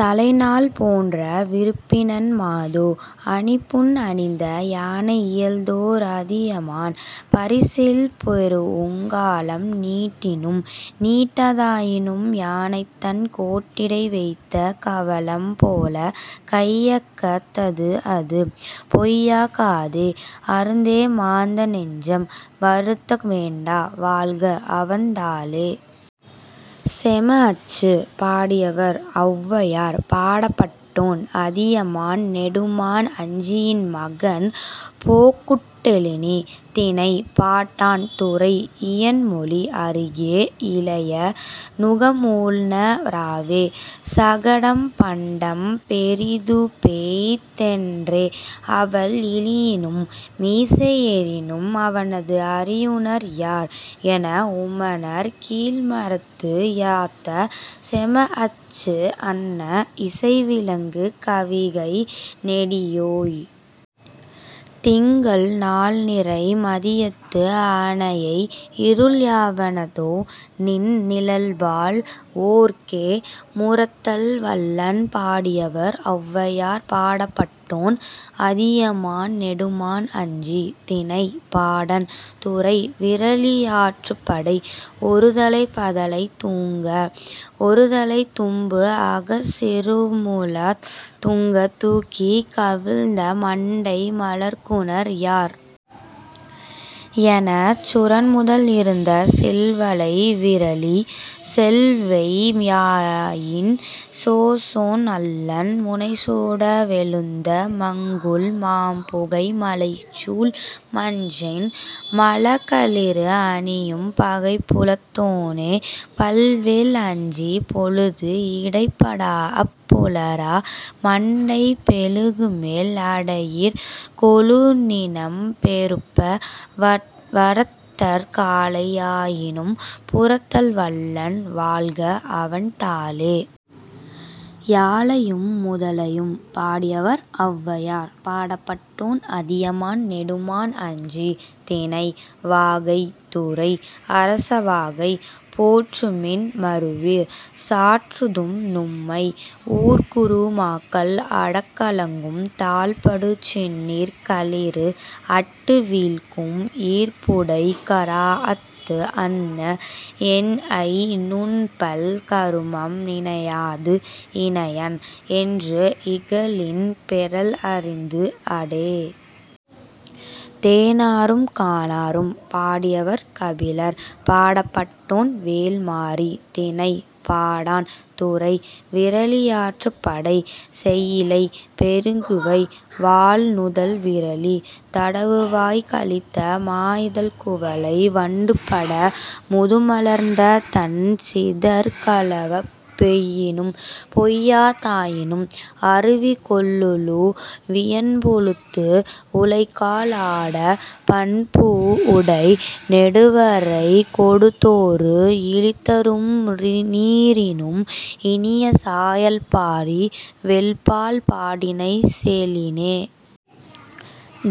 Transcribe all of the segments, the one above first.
தலைநாள் பொன்ற விருப்பினன் மாதோ; அணிபூண் அணிந்த யானை இயல்தேர் அதியமான்; பரிசில் பெறூஉங் காலம் நீட்டினும், நீட்டா தாயினும், யானைதன்' கோட்டிடை வைத்த கவளம் போலக் கையகத் தது அது; பொய்யா காதே; அருந்தே மாந்த நெஞ்சம்! வருந்த வேண்டா; வாழ்க, அவன் தாளே!. சேம அச்சு! பாடியவர்: ஔவையார். பாடப்பட்டோன்: அதியமான் நெடுமான் அஞ்சியின் மகன் பொகுட்டெழினி. திணை: பாடாண். துறை: இயன்மொழி. 'எருதே இளைய; நுகம் உண ராவே; சகடம் பண்டம் பெரிதுபெய் தன்றே; அவல் இழியினும், மிசை ஏறினும், அவணது அறியுநர் யார்? ' என, உமணர் கீழ்மரத்து யாத்த சேமஅச்சு அன்ன, இசை விளங்கு கவிகை நெடியோய்! திங்கள் நாள்நிறை மதியத்து அனையை; இருள் யாவண தோ, நின் நிழல்வாழ் வோர்க்கே?. புரத்தல் வல்லன்! பாடியவர்: ஔவையார். பாடப்பட்டோன்: அதியமான் நெடுமான் அஞ்சி. திணை: பாடாண். துறை: விறலியாற்றுப்படை. ஒருதலைப் பதலை தூங்க, ஒருதலைத் தூம்புஅகச் சிறுமுழாத் தூங்கத் தூக்கிக், 'கவிழ்ந்த மண்டை மலர்க்குநர் யார்? ' எனச் சுரன்முதல் இருந்த சில்வளை விறலி! செல்வை யாயின், சேணோன் அல்லன்; முனைசுட வெழுந்த மங்குல் மாப்புகை மலைசூழ் மஞ்சின், மழ களிறு அணியும் பகைப்புலத் தோனே, பல் வேல் அஞ்சி; பொழுது இடைப் படாஅப் புலரா மண்டை மெழுகுமெல் அடையிற் கொழுநிணம் பெருப்ப, வறத்தற் காலை யாயினும், புரத்தல் வல்லன்; வாழ்க, அவன் தாளே!. யானையும் முதலையும்! பாடியவர்: ஔவையார். பாடப்பட்டோன்: அதியமான் நெடுமான் அஞ்சி. திணை: வாகை. துறை: அரசவாகை. போற்றுமின், மறவீர்! சாற்றுதும், நும்மை; ஊர்க்குறு மாக்கள் ஆடக் கலங்கும் தாள்படு சின்னீர் களிறு அட்டு வீழ்க்கும் ஈர்ப்புடைக் கராஅத்து அன்ன என்ஐ நுண்பல் கருமம் நினையாது, 'இளையன்' என்று இகழின், பெறல் அரிது, ஆடே.. தேனாறும் கானாறும்! பாடியவர்: கபிலர். பாடப்பட்டோன்: வேள் பாரி. திணை: பாடாண். துறை: விறலியாற்றுப்படை. சேயிழை பெறுகுவை, வாள் நுதல் விறலி! தடவுவாய்க் கலித்த மாஇதழ்க் குவளை வண்டுபடு புதுமலர்த் தண் சிதர் கலாவப் பெய்யினும், பெய்யா தாயினும், அருவி கொள்ளுழு வியன்புலத்து உழைகால் ஆட, மால்புஉடை நெடுவரைக் கோடுதொறு இழிதரும் நீரினும் இனிய சாயல் பாரி வேள்பால் பாடினை செலினே..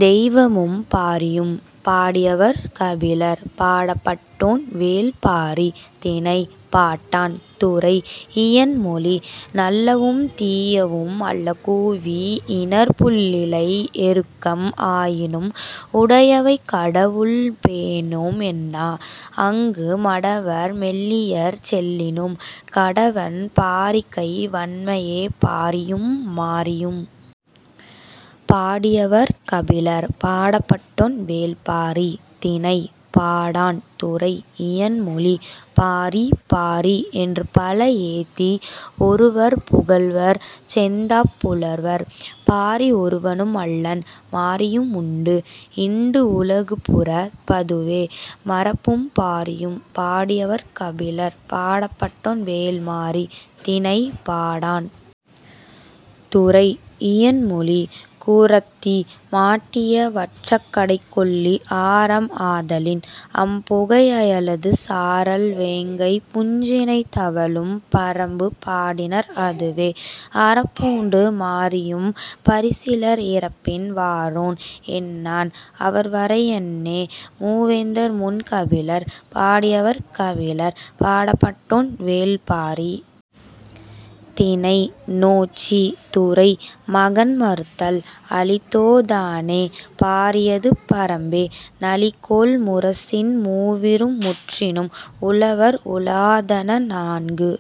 தெய்வமும் பாரியும்! பாடியவர்: கபிலர். பாடப்பட்டோன்: வேள் பாரி. திணை: பாடாண். துறை: இயன்மொழி. நல்லவும் தீயவும் அல்ல குவி இணர்ப் புல்லிலை எருக்கம் ஆயினும், உடையவை கடவுள் பேணேம் என்னா; ஆங்கு மடவர் மெல்லியர் செல்லினும், கடவன், பாரி கை வண்மையே.. மாரியும் பாரியும்! பாடியவர்: கபிலர். பாடப்பட்டோன்: வேள் பாரி. திணை: பாடாண். துறை: இயன்மொழி. 'பாரி பாரி' என்றுபல ஏத்தி, ஒருவர்ப் புகழ்வர், செந்நாப் புலவர்: பாரி ஒருவனும் அல்லன்; மாரியும் உண்டு, ஈண்டு உலகுபுரப் பதுவே.. பறம்பும் பாரியும்! பாடியவர்: கபிலர். பாடப்பட்டோன்: வேள் பாரி. திணை: பாடாண். துறை: இயன்மொழி. குறத்தி மாட்டிய வறற்கடைக் கொள்ளி ஆரம் ஆதலின், அம் புகை அயலது சாரல் வேங்கைப் பூஞ்சினைத் தவழும் பறம்பு பாடினர் அதுவே! அறம்பூண்டு, பாரியும், பரிசிலர் இரப்பின், 'வாரேன்' என்னான், அவர் வரை யன்னே.. மூவேந்தர் முன் கபிலர்! பாடியவர்: கபிலர். பாடப்பட்டோன்: வேள் பாரி. திணை: நொச்சி. துறை: மகண் மறுத்தல். அளிதோ தானே, பாரியது பறம்பே! நளி கொள் முரசின் மூவிரும் முற்றினும், உழவர் உழாதன நான்கு